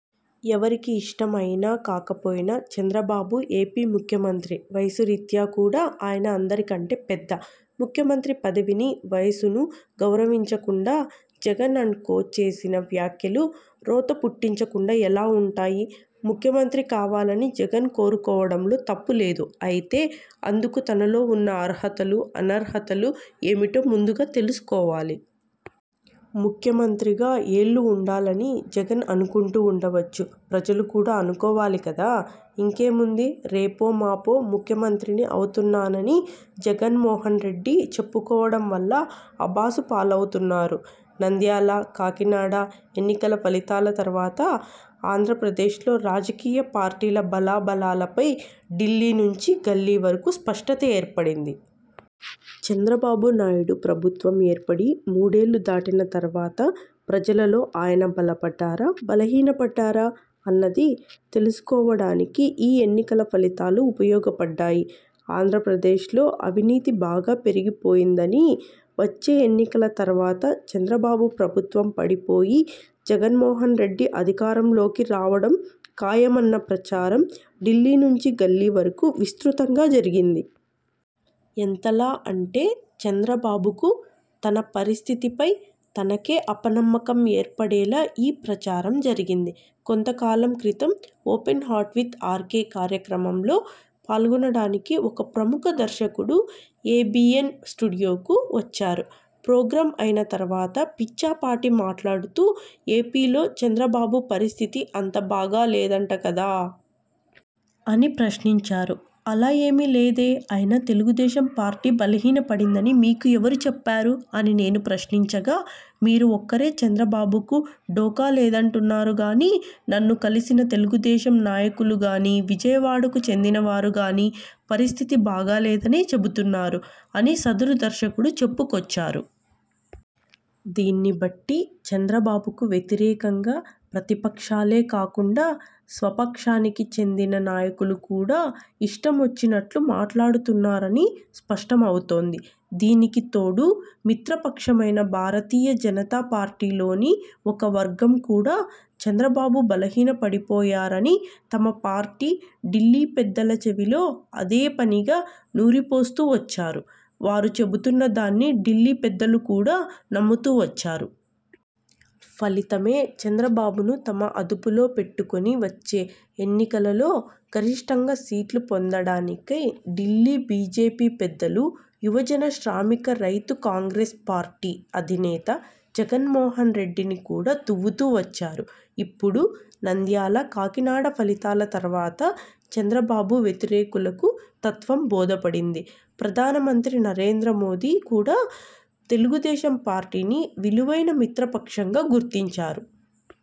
ఎవరికి ఇష్టం అయినా కాకపోయినా చంద్రబాబు ఏపీ ముఖ్యమంత్రి. వయసు రీత్యా కూడా ఆయన అందరికంటే పెద్ద. ముఖ్యమంత్రి పదవిని, వయసును గౌరవించకుండా జగన్ అండ్ కో చేసిన వ్యాఖ్యలు రోత పుట్టించకుండా ఎలా ఉంటాయి? ముఖ్యమంత్రి కావాలని జగన్ కోరుకోవడంలో తప్పు లేదు. అయితే అందుకు తనలో ఉన్న అర్హతలు, అనర్హతలు ఏమిటో ముందుగా తెలుసుకోవాలి. ముఖ్యమంత్రిగా ఏళ్లు ఉండాలని జగన్ అనుకుంటూ ఉండవచ్చు. ప్రజలు కూడా అనుకోవాలి కదా! ఇంకేముంది రేపో మాపో ముఖ్యమంత్రిని అవుతున్నానని జగన్మోహన్రెడ్డి చెప్పుకోవడం వల్ల అభాసుపాలవుతున్నారు. నంద్యాల, కాకినాడ ఎన్నికల ఫలితాల తర్వాత ఆంధ్రప్రదేశ్లో రాజకీయ పార్టీల బలాబలాలపై ఢిల్లీ నుంచి గల్లీ వరకు స్పష్టత ఏర్పడింది. చంద్రబాబునాయుడు ప్రభుత్వం ఏర్పడి మూడేళ్లు దాటిన తర్వాత ప్రజలలో ఆయన బలపడ్డారా? బలహీనపడ్డారా? అన్నది తెలుసుకోవడానికి ఈ ఎన్నికల ఫలితాలు ఉపయోగపడ్డాయి. ఆంధ్రప్రదేశ్లో అవినీతి బాగా పెరిగిపోయిందనీ, వచ్చే ఎన్నికల తర్వాత చంద్రబాబు ప్రభుత్వం పడిపోయి జగన్మోహన్రెడ్డి అధికారంలోకి రావడం ఖాయమన్న ప్రచారం ఢిల్లీ నుంచి గల్లీ వరకు విస్తృతంగా జరిగింది. ఎంతలా అంటే చంద్రబాబుకు తన పరిస్థితిపై తనకే అపనమ్మకం ఏర్పడేలా ఈ ప్రచారం జరిగింది. కొంతకాలం క్రితం 'ఓపెన్ హార్ట్ విత్ ఆర్కే' కార్యక్రమంలో పాల్గొనడానికి ఒక ప్రముఖ దర్శకుడు ఏబీఎన్ స్టూడియోకు వచ్చారు. ప్రోగ్రాం అయిన తర్వాత పిచ్చాపాటీ మాట్లాడుతూ 'ఏపీలో చంద్రబాబు పరిస్థితి అంత బాగా లేదంట కదా! ' అని ప్రశ్నించారు. 'అలా ఏమీ లేదే- అయినా తెలుగుదేశం పార్టీ బలహీనపడిందని మీకు ఎవరు చెప్పారు? ' అని నేను ప్రశ్నించగా, 'మీరు ఒక్కరే చంద్రబాబుకు ఢోకా లేదంటున్నారు గానీ నన్ను కలిసిన తెలుగుదేశం నాయకులు గానీ, విజయవాడకు చెందినవారు గానీ పరిస్థితి బాగా లేదనే చెబుతున్నారు' అని సదరు దర్శకుడు చెప్పుకొచ్చారు. దీన్నిబట్టి చంద్రబాబుకు వ్యతిరేకంగా ప్రతిపక్షాలే కాకుండా స్వపక్షానికి చెందిన నాయకులు కూడా ఇష్టమొచ్చినట్లు మాట్లాడుతున్నారని స్పష్టమవుతోంది. దీనికి తోడు మిత్రపక్షమైన భారతీయ జనతా పార్టీలోని ఒక వర్గం కూడా చంద్రబాబు బలహీనపడిపోయారని తమ పార్టీ ఢిల్లీ పెద్దల చెవిలో అదే పనిగా నూరిపోస్తూ వచ్చారు. వారు చెబుతున్న దాన్ని ఢిల్లీ పెద్దలు కూడా నమ్ముతూ వచ్చారు. ఫలితమే చంద్రబాబును తమ అదుపులో పెట్టుకుని వచ్చే ఎన్నికలలో గరిష్ఠంగా సీట్లు పొందడానికై ఢిల్లీ బీజేపీ పెద్దలు యువజన శ్రామిక రైతు కాంగ్రెస్ పార్టీ అధినేత జగన్మోహన్రెడ్డిని కూడా దువ్వుతూ వచ్చారు. ఇప్పుడు నంద్యాల, కాకినాడ ఫలితాల తర్వాత చంద్రబాబు వ్యతిరేకులకు తత్వం బోధపడింది. ప్రధానమంత్రి నరేంద్ర మోదీ కూడా తెలుగుదేశం పార్టీని 'విలువైన మిత్రపక్షం'గా గుర్తించారు.